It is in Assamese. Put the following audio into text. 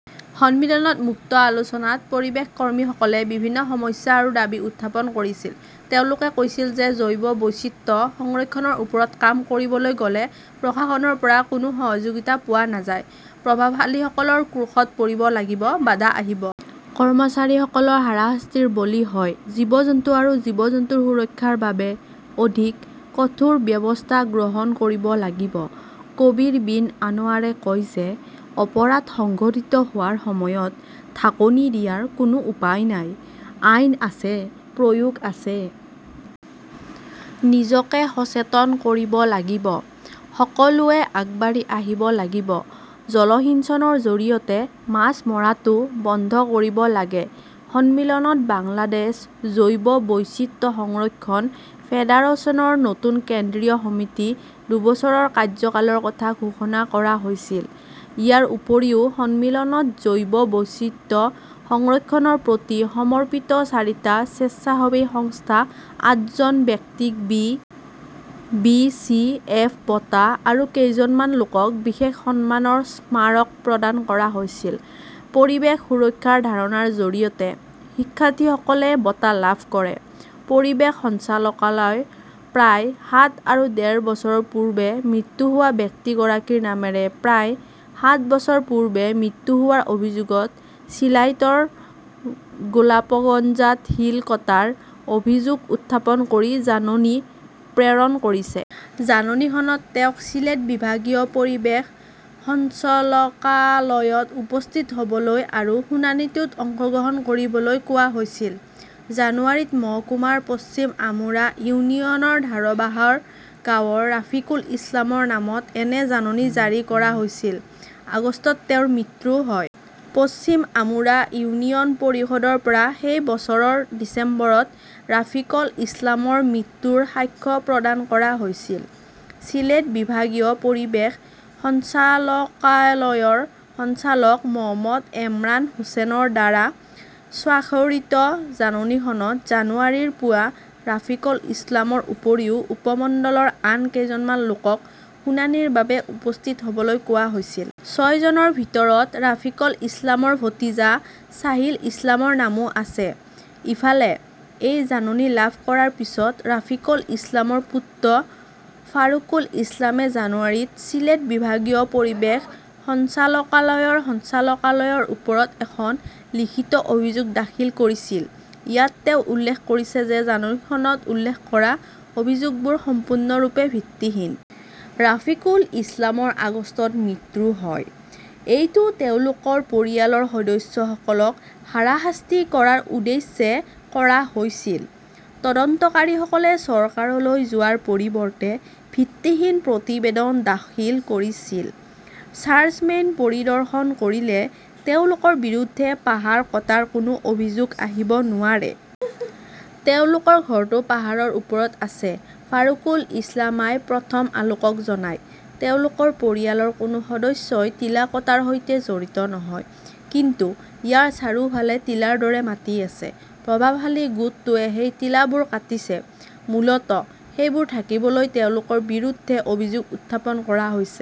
সন্মিলনত মুক্ত আলোচনাত পৰিৱেশ কৰ্মীসকলে বিভিন্ন সমস্যা আৰু দাবী উত্থাপন কৰিছিল। তেওঁলোকে কৈছিল যে জৈৱ বৈচিত্ৰ্য সংৰক্ষণৰ ওপৰত কাম কৰিবলৈ গ'লে প্ৰশাসনৰ পৰা কোনো সহযোগিতা পোৱা নাযায়। প্ৰভাৱশালীসকলৰ ক্ৰোধত পৰিব লাগিব, বাধা আহিব। কৰ্মচাৰীসকল হাৰাশাস্তিৰ বলি হয়। জীৱ-জন্তু আৰু জীৱ-জন্তুৰ সুৰক্ষাৰ বাবে অধিক কঠোৰ ব্যৱস্থা গ্ৰহণ কৰিব লাগিব। কবীৰ বিন আনৱাৰে কয় যে অপৰাধ সংঘটিত হোৱাৰ সময়ত ঢাকনি দিয়াৰ কোনো উপায় নাই। আইন আছে, প্ৰয়োগ আছে। নিজকে সচেতন কৰিব লাগিব। সকলোৱে আগবাঢ়ি আহিব লাগিব। জলসিঞ্চনৰ জৰিয়তে মাছ মৰাটো বন্ধ কৰিব লাগে। সন্মিলনত বাংলাদেশ জৈৱ বৈচিত্ৰ্য সংৰক্ষণ ফেডাৰেচনৰ নতুন কেন্দ্ৰীয় সমিতি দুবছৰৰ কাৰ্যকালৰ কথা ঘোষণা কৰা হৈছিল। ইয়াৰ উপৰিও সন্মিলনত জৈৱ বৈচিত্ৰ্য সংৰক্ষণৰ প্ৰতি সমৰ্পিত চাৰিটা স্বেচ্ছাসেৱী সংস্থা, আঠজন ব্যক্তিক বি. বি. চি. এফ. বঁটা আৰু কেইজনমান লোকক বিশেষ সন্মানৰ স্মাৰক প্ৰদান কৰা হৈছিল। পৰিৱেশ সুৰক্ষাৰ ধাৰণাৰ জৰিয়তে শিক্ষাৰ্থীসকলে বঁটা লাভ কৰে। পৰিৱেশ সঞ্চালকালয়ই প্ৰায় সাত আৰু ডেৰ বছৰ পূৰ্বে মৃত্যু হোৱা ব্যক্তিগৰাকীৰ নামেৰে প্ৰায় সাত বছৰ পূৰ্বে মৃত্যু হোৱাৰ অভিযোগত চিলাইটৰ গোলাপাগঞ্জত শিল কটাৰ অভিযোগ উত্থাপন কৰি জাননী প্ৰেৰণ কৰিছে। জাননীখনত তেওঁক চিলেট বিভাগীয় পৰিৱেশ সঞ্চালকালয়ত উপস্থিত হ'বলৈ আৰু শুনানিটোত অংশগ্ৰহণ কৰিবলৈ কোৱা হৈছিল। জানুৱাৰীত মহকুমাৰ পশ্চিম আমুৰা ইউনিয়নৰ ধাৰাবাহৰ গাঁৱৰ ৰাফিকল ইছলামৰ নামত এনে জাননী জাৰি কৰা হৈছিল। আগষ্টত তেওঁৰ মৃত্যু হয়। পশ্চিম আমুৰা ইউনিয়ন পৰিষদৰ পৰা সেই বছৰৰ ডিচেম্বৰত ৰাফিকল ইছলামৰ মৃত্যুৰ সাক্ষ্য প্ৰদান কৰা হৈছিল। চিলেট বিভাগীয় পৰিৱেশ সঞ্চালকালয়ৰ সঞ্চালক মহম্মদ এমৰান হোসেনৰ দ্বাৰা স্বাক্ষৰিত জাননীখনত জানুৱাৰীৰ পুৱা ৰাফিকল ইছলামৰ উপৰিও উপমণ্ডলৰ আন কেইজনমান লোকক শুনানিৰ বাবে উপস্থিত হ 'বলৈ কোৱা হৈছিল। ছয়জনৰ ভিতৰত ৰাফিকল ইছলামৰ ভতিজা ছাহিল ইছলামৰ নামো আছে। ইফালে, এই জাননী লাভ কৰাৰ পিছত ৰাফিকল ইছলামৰ পুত্ৰ ফাৰুকুল ইছলামে জানুৱাৰীত চিলেট বিভাগীয় পৰিৱেশ সঞ্চালকালয়ৰ সঞ্চালকালয়ৰ ওচৰত এখন লিখিত অভিযোগ দাখিল কৰিছিল। ইয়াত তেওঁ উল্লেখ কৰিছে যে জাননীখনত উল্লেখ কৰা অভিযোগবোৰ সম্পূৰ্ণৰূপে ভিত্তিহীন। ৰাফিকল ইছলামৰ আগষ্টত মৃত্যু হয়। এইটো তেওঁলোকৰ পৰিয়ালৰ সদস্যসকলক হাৰাশাস্তি কৰাৰ উদ্দেশ্যে কৰা হৈছিল। তদন্তকাৰীসকলে চৰকাৰলৈ যোৱাৰ পৰিৱৰ্তে ভিত্তিহীন প্ৰতিবেদন দাখিল কৰিছিল। চাৰ্জমেইন পৰিদৰ্শন কৰিলে তেওঁলোকৰ বিৰুদ্ধে পাহাৰ কটাৰ কোনো অভিযোগ আহিব নোৱাৰে। তেওঁলোকৰ ঘৰটো পাহাৰৰ ওপৰত আছে, ফাৰুকুল ইছলামই প্ৰথম আলোকক জনায়। তেওঁলোকৰ পৰিয়ালৰ কোনো সদস্যই টিলা কটাৰ সৈতে জড়িত নহয়। কিন্তু ইয়াৰ চাৰিওফালে টিলাৰ দৰে মাটি আছে। প্ৰভাৱশালী গোটটোৱে সেই টিলাবোৰ কাটিছে। মূলতঃ, সেইবোৰ ঢাকিবলৈ তেওঁলোকৰ বিৰুদ্ধে অভিযোগ উত্থাপন কৰা হৈছে।